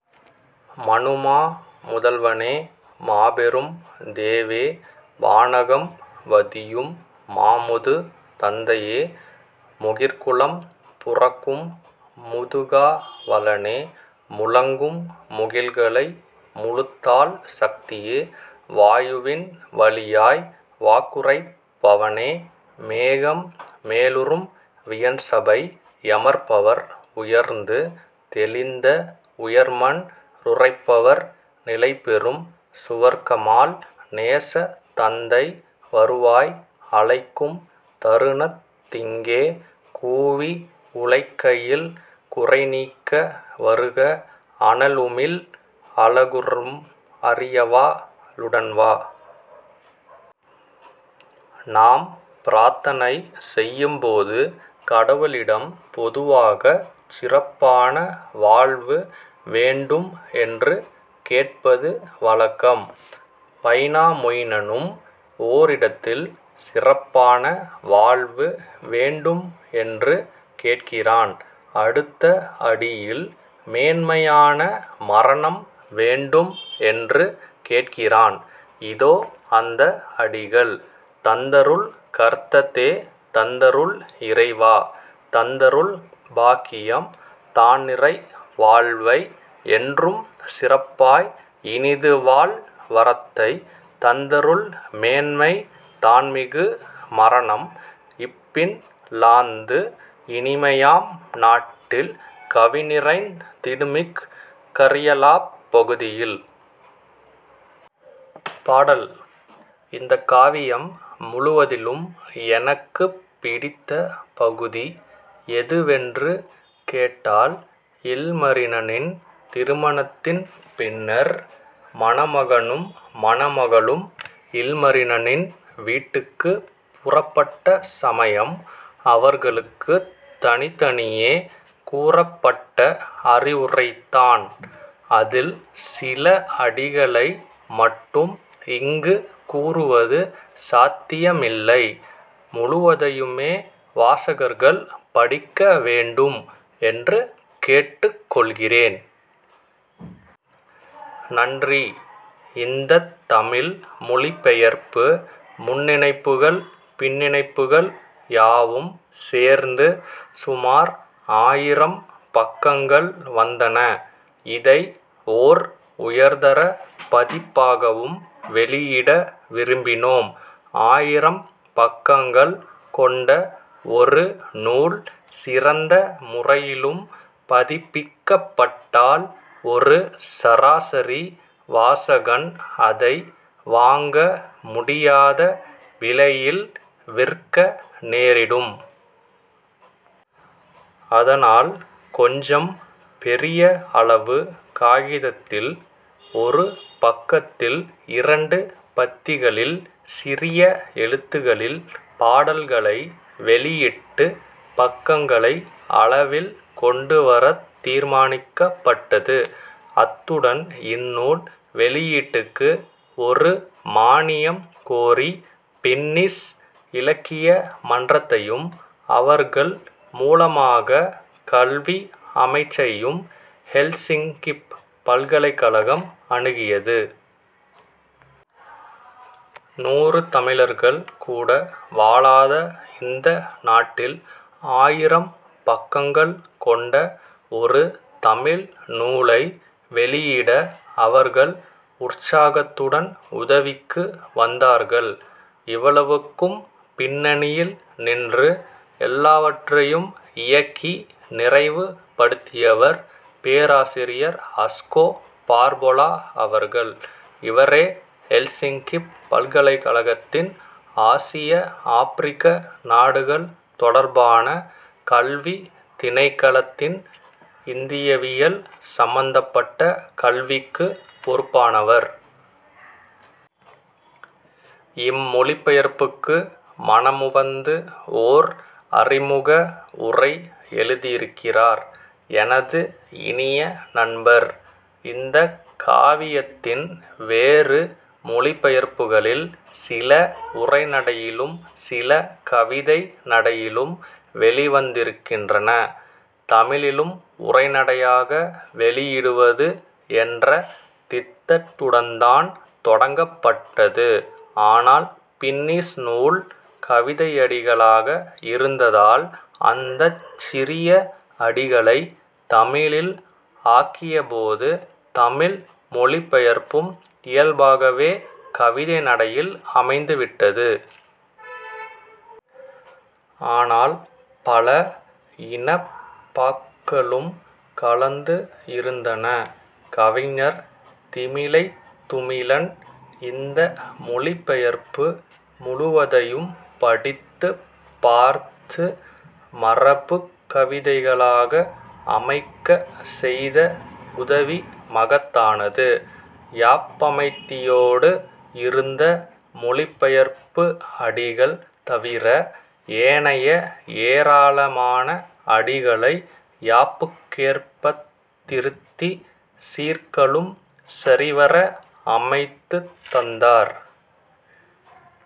மனுமா முதல்வனே மாபெரும் தேவே! வானகம் வதியும் மாமுது தந்தையே முகிற்குலம் புரக்கும் முதுகா வலனே! முழங்கும் முகில்களை முழுதாள் சக்தியே வாயுவின் வழியாய் வாக்குரைப்பவனே! மேகம் மேலுறும் வியன்சபை யமர்பவர் உயர்ந்து தெளிந்த உயர்மன் றுறைபவர்। நிலைபெறும் சுவர்க்கமாள் நேசத் தந்தை வருவாய் அழைக்கும் தருணத் திங்கே கூவி உழைக்கையில் குறைநீக்க வருக அனல்உமிழ் அலகுறும் அரியவா ளுடன்வா! நாம் பிரார்த்தனை செய்யும்போது கடவுளிடம் பொதுவாகச் "சிறப்பான வாழ்வு" வேண்டும் என்று கேட்பது வழக்கம். வைனாமொயினனும் ஓரிடத்தில் "சிறப்பான வாழ்வு" வேண்டும் என்று கேட்கிறான்; அடுத்த அடியில் "மேன்மையான மரணம்" வேண்டும் என்றும் கேட்கிறான். இதோ அந்த அடிகள்: தந்தருள் கர்த்தனே, தந்தருள் இறைவா! தந்தருள் பாக்கியம் தான்நிறை வாழ்வை என்றும் சிறப்பாய் இனிதுவாழ் வரத்தை தந்தருள் மேன்மை தான்மிகு மரணம் இப்பின் லாந்து இனிமையாம் நாட்டில் கவின்நிறைந் திடுமிக் கர்யலாப் பகுதியில். -பாடல். இந்தக் காவியம் முழுவதிலும் எனக்குப் பிடித்த பகுதி எதுவென்று கேட்டால், இல்மரினனின் திருமணத்தின் பின்னர், மணமகனும் மணமகளும் இல்மரினனின் வீட்டுக்குப் புறப்பட்ட சமயம், அவர்களுக்குத் தனித்தனியே கூறப்பட்ட அறிவுரை தான். அதில் சில அடிகளை மட்டும் இங்கு கூறுவது சாத்தியமில்லை; முழுவதையுமே வாசகர்கள் படிக்க வேண்டும் என்று கேட்டுக் கொள்கிறேன். நன்றி இந்தத் தமிழ் மொழிபெயர்ப்பு, முன்னிணைப்புகள், பின்னிணைப்புகள் யாவும் சேர்ந்து சுமார் ஆயிரம் பக்கங்கள் வந்தன. இதை ஓர் உயர்தர பதிப்பாகவும் வெளியிட விரும்பினோம். ஆயிரம் பக்கங்கள் கொண்ட ஒரு நூல் சிறந்த முறையிலும் பதிப்பிக்கப்பட்டால், ஒரு சராசரி வாசகன் அதை வாங்க முடியாத விலையில் விற்க நேரிடும். அதனால் கொஞ்சம் பெரிய அளவு காகிதத்தில், ஒரு பக்கத்தில் இரண்டு பத்திகளில் சிறிய எழுத்துகளில் பாடல்களை வெளியிட்டுப் பக்கங்களை அளவில் கொண்டுவரத் தீர்மானிக்கப்பட்டது. அத்துடன் இந்நூல் வெளியீட்டுக்கு ஒரு மானியம் கோரி பின்னிஷ் இலக்கிய மன்றத்தையும் அவர்கள் மூலமாகக் கல்வி அமைச்சையும் ஹெல்சிங்கிப் பல்கலைக்கழகம் அணுகியது. நூறு தமிழர்கள் கூட வாழாத இந்த நாட்டில் ஆயிரம் பக்கங்கள் கொண்ட ஒரு தமிழ் நூலை வெளியிட அவர்கள் உற்சாகத்துடன் உதவிக்கு வந்தார்கள். இவ்வளவுக்கும் பின்னணியில் நின்று எல்லாவற்றையும் இயக்கி நிறைவு படுத்தியவர் பேராசிரியர் அஸ்கோ பார்பொலா அவர்கள். இவரே ஹெல்சிங்கிப் பல்கலைக்கழகத்தின் 'ஆசிய ஆபிரிக்க நாடுகள் தொடர்பான கல்வித் திணைக்கள'த்தின் இந்தியவியல் சம்பந்தப்பட்ட கல்விக்குப் பொறுப்பானவர். இம்மொழிபெயர்ப்புக்கு மனமுவந்து ஓர் அறிமுக உரை எழுதியிருக்கிறார். எனது இனிய நண்பர். இந்தக் காவியத்தின் வேறு மொழிபெயர்ப்புகளில் சில உரைநடையிலும் சில கவிதை நடையிலும் வெளிவந்திருக்கின்றன. தமிழிலும் உரைநடையாக வெளியிடுவது என்ற திட்டத்துடன்தான் தொடங்கப்பட்டது. ஆனால் பின்னிஷ் நூல் கவிதையடிகளாக இருந்ததால், அந்தச் சிறிய அடிகளைத் தமிழில் ஆக்கியபோது, தமிழ் மொழிபெயர்ப்பும் இயல்பாகவே கவிதைநடையில் அமைந்துவிட்டது. ஆனால் பல இனப் பாக்களும் கலந்து இருந்தன. கவிஞர் திமிலைத்துமிலன் இந்த மொழிபெயர்ப்பு முழுவதையும் படித்துப் பார்த்து மரபுக் கவிதைகளாக அமைக்கச் செய்த உதவி மகத்தானது. யாப்பமைதியோடு இருந்த மொழிபெயர்ப்பு அடிகள் தவிர, ஏனைய ஏராளமான அடிகளை யாப்புக்கேற்பத் திருத்திச் சீர்களுள் சரிவர அமைத்துத் தந்தார்.